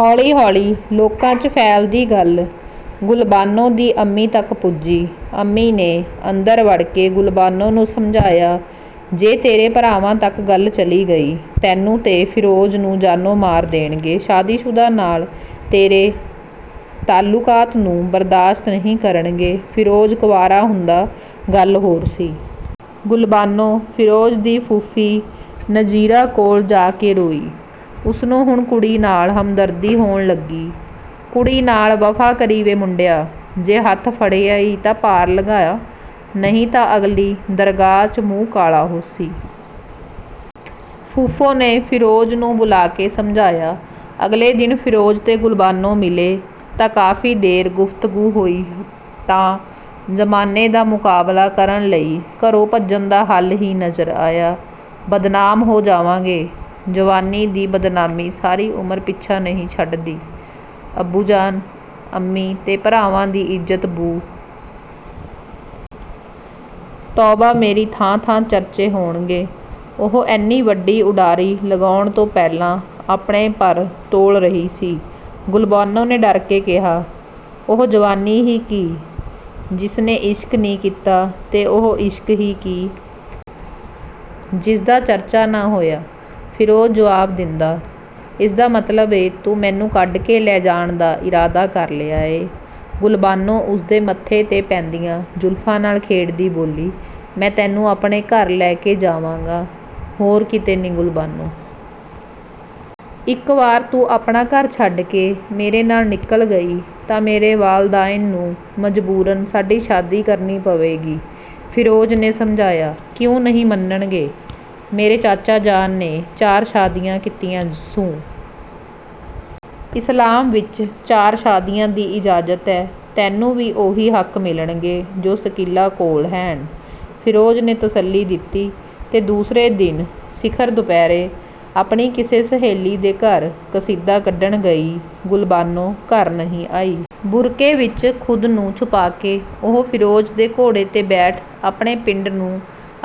ਹੌਲੀ ਹੌਲੀ ਲੋਕਾਂ, ਚ' ਫੈਲਦੀ ਗੱਲ ਗੁਲਬਾਨੋ ਦੀ ਅੰਮੀ ਤੱਕ ਪੁੱਜੀ। ਅੰਮੀ ਨੇ ਅੰਦਰ ਵੜਕੇ ਗੁਲਬਾਨੋ ਨੂੰ ਸਮਝਾਇਆ ਜੇ ਤੇਰੇ ਭਰਾਵਾਂ ਤੱਕ ਗੱਲ ਚਲੀ ਗਈ ਤੈਨੂੰ ਤੇ ਫਿਰੋਜ਼ ਨੂੰ ਜਾਨੋ ਮਾਰ ਦੇਣਗੇ। ਸ਼ਾਦੀਸ਼ੁਦਾ ਨਾਲ ਤੇਰੇ ਤਅਲੁਕਾਤ ਨੂੰ ਬਰਦਾਸ਼ਤ ਨਹੀ ਕਰਨਗੇ, ਫਿਰੋਜ਼ ਕੁਆਰਾ ਹੁੰਦਾ ਗੱਲ ਹੋਰ ਸੀ। ਗੁਲਬਾਨੋ, ਫਿਰੋਜ਼ ਦੀ ਫੂਫੀ ਨਜ਼ੀਰਾਂ ਕੋਲ ਜਾ ਕੇ ਰੋਈ। ਉਸ ਨੂੰ ਹੁਣ ਕੁੜੀ ਨਾਲ ਹਮਦਰਦੀ ਹੋਣ ਲੱਗੀ। "ਕੁੜੀ ਨਾਲ ਵਫ਼ਾ ਕਰੀ ਵੇ ਮੁੰਡਿਆ, ਜੇ ਹੱਥ ਫੜਿਆ ਈ ਤਾਂ ਪਾਰ ਲੰਘਾ ਨਹੀ ਤਾਂ ਅਗਲੀ ਦਰਗਾਹ, ਚ' ਮੂੰਹ ਕਾਲਾ ਹੋਸੀ".. ਫੂਫੋ ਨੇ ਫਿਰੋਜ਼ ਨੂੰ ਬੁਲਾ ਕੇ ਸਮਝਾਇਆ। ਅਗਲੇ ਦਿਨ ਫਿਰੋਜ਼ ਤੇ ਗੁਲਬਾਨੋ ਮਿਲੇ ਤਾਂ ਕਾਫੀ ਦੇਰ ਗੁਫਤਗੂ ਹੋਈ ਤਾਂ…. ਜ਼ਮਾਨੇ ਦਾ ਮੁਕਾਬਲਾ ਕਰਨ ਲਈ ਘਰੋ ਭੱਜਣ ਦਾ ਹੱਲ ਹੀ ਨਜ਼ਰ ਆਇਆ। "ਬਦਨਾਮ ਹੋ ਜਾਵਾਂਗੇ"… ਜਵਾਨੀ ਦੀ ਬਦਨਾਮੀ ਸਾਰੀ ਉਮਰ ਪਿੱਛਾ ਨਹੀ ਛੱਡਦੀ, ਅੱਬੂ ਜਾਨ, ਅੰਮੀ ਤੇ ਭਰਾਵਾਂ ਦੀ ਇੱਜਤ ਬੂ"…. ਤੋਬਾ ਮੇਰੀ ਥਾਂ ਥਾਂ ਚਰਚੇ ਹੋਣਗੇ। ਉਹ ਇੰਨੀ ਵੱਡੀ ਉਡਾਰੀ ਲਗਾਉਣ ਤੋਂ ਪਹਿਲਾਂ ਆਪਣੇ ਪਰ ਤੋਲ ਰਹੀ ਸੀ…. ਗੁਲਬਾਨੋ ਨੇ ਡਰ ਕੇ ਕਿਹਾ.. "ਉਹ ਜਵਾਨੀ ਹੀ ਕੀ ਜਿਸ ਨੇ ਇਸ਼ਕ ਨੀ ਕੀਤਾ ਤੇ ਉਹ ਇਸ਼ਕ ਹੀ ਕੀ.. ਜਿਸ ਦਾ ਚਰਚਾ ਨਾ ਹੋਇਆ.. ਫਿਰੋਜ਼ ਜੁਵਾਬ ਦਿੰਦਾ। ਇਸ ਦਾ ਮਤਲਬ ਈ, ਤੂੰ ਮੈਨੂੰ ਕੱਢ ਕੇ ਲੈ ਜਾਣ ਦਾ ਇਰਾਦਾ ਕਰ ਲਿਆ ਏ..! ਗੁਲਬਾਨੋ ਉਸਦੇ ਮੱਥੇ ਤੇ ਪੈਂਦੀਆਂ ਜ਼ੁਲਫ਼ਾ ਨਾਲ ਖੇਡਦੀ ਬੋਲੀ… "ਮੈਂ ਤੈਨੂੰ ਆਪਣੇ ਘਰ ਲੈ ਕੇ ਜਾਵਾਂਗਾ ਹੋਰ ਕਿਤੇ ਨੀ ਗੁਲਬਾਨੋ"….. ਇੱਕ ਵਾਰ ਤੂੰ ਆਪਣਾ ਘਰ ਛੱਡਕੇ ਮੇਰੇ ਨਾਲ ਨਿਕਲ ਗਈ ਤਾਂ ਮੇਰੇ ਵਾਲਦਾਇਨ ਨੂੰ ਮਜਬੂਰਨ ਸਾਡੀ ਸ਼ਾਦੀ ਕਰਨੀ ਪਵੇਗੀ.. ਫਿਰੋਜ਼ ਨੇ ਸਮਝਾਇਆ। "ਕਿਉ ਨਹੀ ਮੰਨਣਗੇ..! ਮੇਰੇ ਚਾਚਾ ਜਾਨ ਨੇ ਚਾਰ ਸ਼ਾਦੀਆ ਕੀਤੀਆ ਸੂ। ਇਸਲਾਮ ਵਿੱਚ ਚਾਰ ਸ਼ਾਦੀਆ ਦੀ ਇਜ਼ਾਜਤ ਏ। ਤੈਨੂੰ ਵੀ ਉਹੀ ਹੱਕ ਮਿਲਣਗੇ ਜੋ ਸ਼ਕੀਲਾ ਕੋਲ ਹੈਨ.. ਫਿਰੋਜ਼ ਨੇ ਤਸੱਲੀ ਦਿਤੀ। ਤੇ ਦੂਸਰੇ ਦਿਨ ਸਿਖਰ ਦੁਪਹਿਰੇ ਆਪਣੀ ਕਿਸੇ ਸਹੇਲੀ ਦੇ ਘਰ ਕਸੀਦਾ ਕੱਢਣ ਗਈ ਗੁਲਬਾਨੋ ਘਰ ਨਹੀ ਆਈ। ਬੁਰਕੇ ਵਿੱਚ ਖ਼ੁਦ ਨੂੰ ਛੁਪਾਕੇ ਉਹ ਫਿਰੋਜ਼ ਦੇ ਘੋੜੇ ਤੇ ਬੈਠ ਆਪਣੇ ਪਿੰਡ ਨੂੰ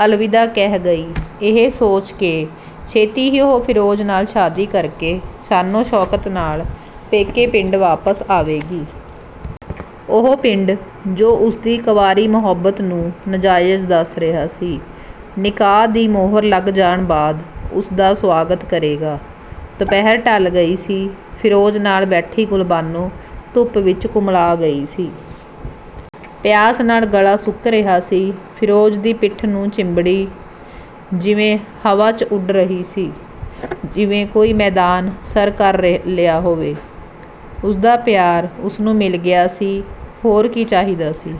ਅਲਵਿਦਾ ਕਹਿ ਗਈ। ਇਹ ਸੋਚ ਕੇ, ਛੇਤੀ ਹੀ ਉਹ ਫਿਰੋਜ਼ ਨਾਲ ਸ਼ਾਦੀ ਕਰਕੇ.. ਸ਼ਾਨੋ-ਸ਼ੌਕਤ ਨਾਲ ਪੇਕੇ ਪਿੰਡ ਵਾਪਸ ਆਵੇਗੀ। ਉਹ ਪਿੰਡ, ਜੋ ਉਸਦੀ ਕੰਵਾਰੀ ਮੁਹੱਬਤ ਨੂੰ ਨਜ਼ਾਇਜ ਦੱਸ ਰਿਹਾ ਏ, ਨਿਕਾਹ ਦੀ ਮੋਹਰ ਲੱਗ ਜਾਣ ਬਾਅਦ ਉਸ ਦਾ ਸੁਆਗਤ ਕਰੇਗਾ। ਦੁਪਹਿਰ ਢਲ ਗਈ ਸੀ, ਫਿਰੋਜ਼ ਨਾਲ ਬੈਠੀ ਗੁਲਬਾਨੋ ਧੁੱਪ ਵਿੱਚ ਕੁਮਲਾ ਗਈ ਸੀ। ਪਿਆਸ ਨਾਲ ਗਲਾ ਸੁੱਕ ਰਿਹਾ ਸੀ। ਫਿਰੋਜ਼ ਦੀ ਪਿੱਠ ਨੂੰ ਚੰਬੜੀ, ਜਿਵੇ ਹਵਾ, ਚ' ਉਡ ਰਹੀ ਸੀ। ਜਿਵੇ ਕੋਈ ਮੈਦਾਨ ਸਰ ਕਰ ਲਿਆ ਹੋਵੇ। ਉਸਦਾ ਪਿਆਰ ਉਸਨੂੰ ਮਿਲ ਗਿਆ ਸੀ, ਹੋਰ ਕੀ ਚਾਹੀਦਾ ਸੀ।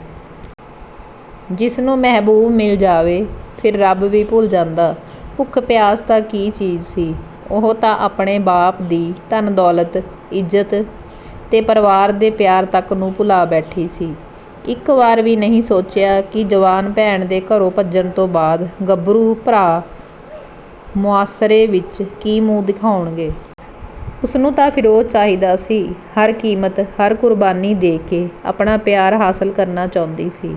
ਜਿਸ ਨੂੰ ਮਹਿਬੂਬ ਮਿਲ ਜਾਵੇ ਫਿਰ ਰੱਬ ਵੀ ਭੁੱਲ ਜਾਂਦਾ। ਭੁੱਖ-ਪਿਆਸ ਤਾਂ ਕੀ ਚੀਜ਼ ਸੀ, ਉਹ ਤਾਂ ਆਪਣੇ ਬਾਪ ਦੀ ਧਨ-ਦੌਲਤ, ਇੱਜਤ ਤੇ ਪ੍ਰਵਾਰ ਦੇ ਪਿਆਰ ਤੱਕ ਨੂੰ ਭੁਲਾ ਬੈਠੀ ਸੀ। ਇੱਕ ਵਾਰ ਵੀ ਨਹੀ ਸੋਚਿਆਕਿ ਜਵਾਨ ਭੈਣ ਦੇ ਘਰੋ ਭੱਜਣ ਤੋਂ ਬਾਅਦ ਗੱਭਰੂ ਭਰਾ ਮੁਆਸ਼ਰੇ ਵਿੱਚ ਕੀ ਮੂੰਹ ਦਿਖਾਉਣਗੇ। ਉਸਨੂੰ ਤਾਂ ਫਿਰੋਜ਼ ਚਾਹੀਦਾ ਸੀ, ਹਰ ਕੀਮਤ, ਹਰ ਕੁਰਬਾਨੀ ਦੇ ਕੇ ਆਪਣਾ ਪਿਆਰ ਹਾਸ਼ਲ ਕਰਨਾ ਚਹੁੰਦੀ ਸੀ।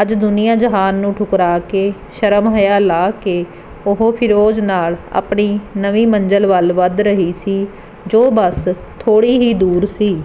ਅੱਜ ਦੁਨੀਆ ਜਹਾਨ ਨੂੰ ਠੁਕਰਾ ਕੇ ਸ਼ਰਮ-ਹਯਾ ਲਾਹ ਕੇ ਉਹ ਫਿਰੋਜ਼ ਨਾਲ ਆਪਣੀ ਨਵੀ ਮੰਜ਼ਿਲ ਵੱਲ ਵੱਧ ਰਹੀ ਸੀ, ਜੋ ਬਸ ਥੋੜ੍ਹੀ ਹੀ ਦੂਰ ਸੀ।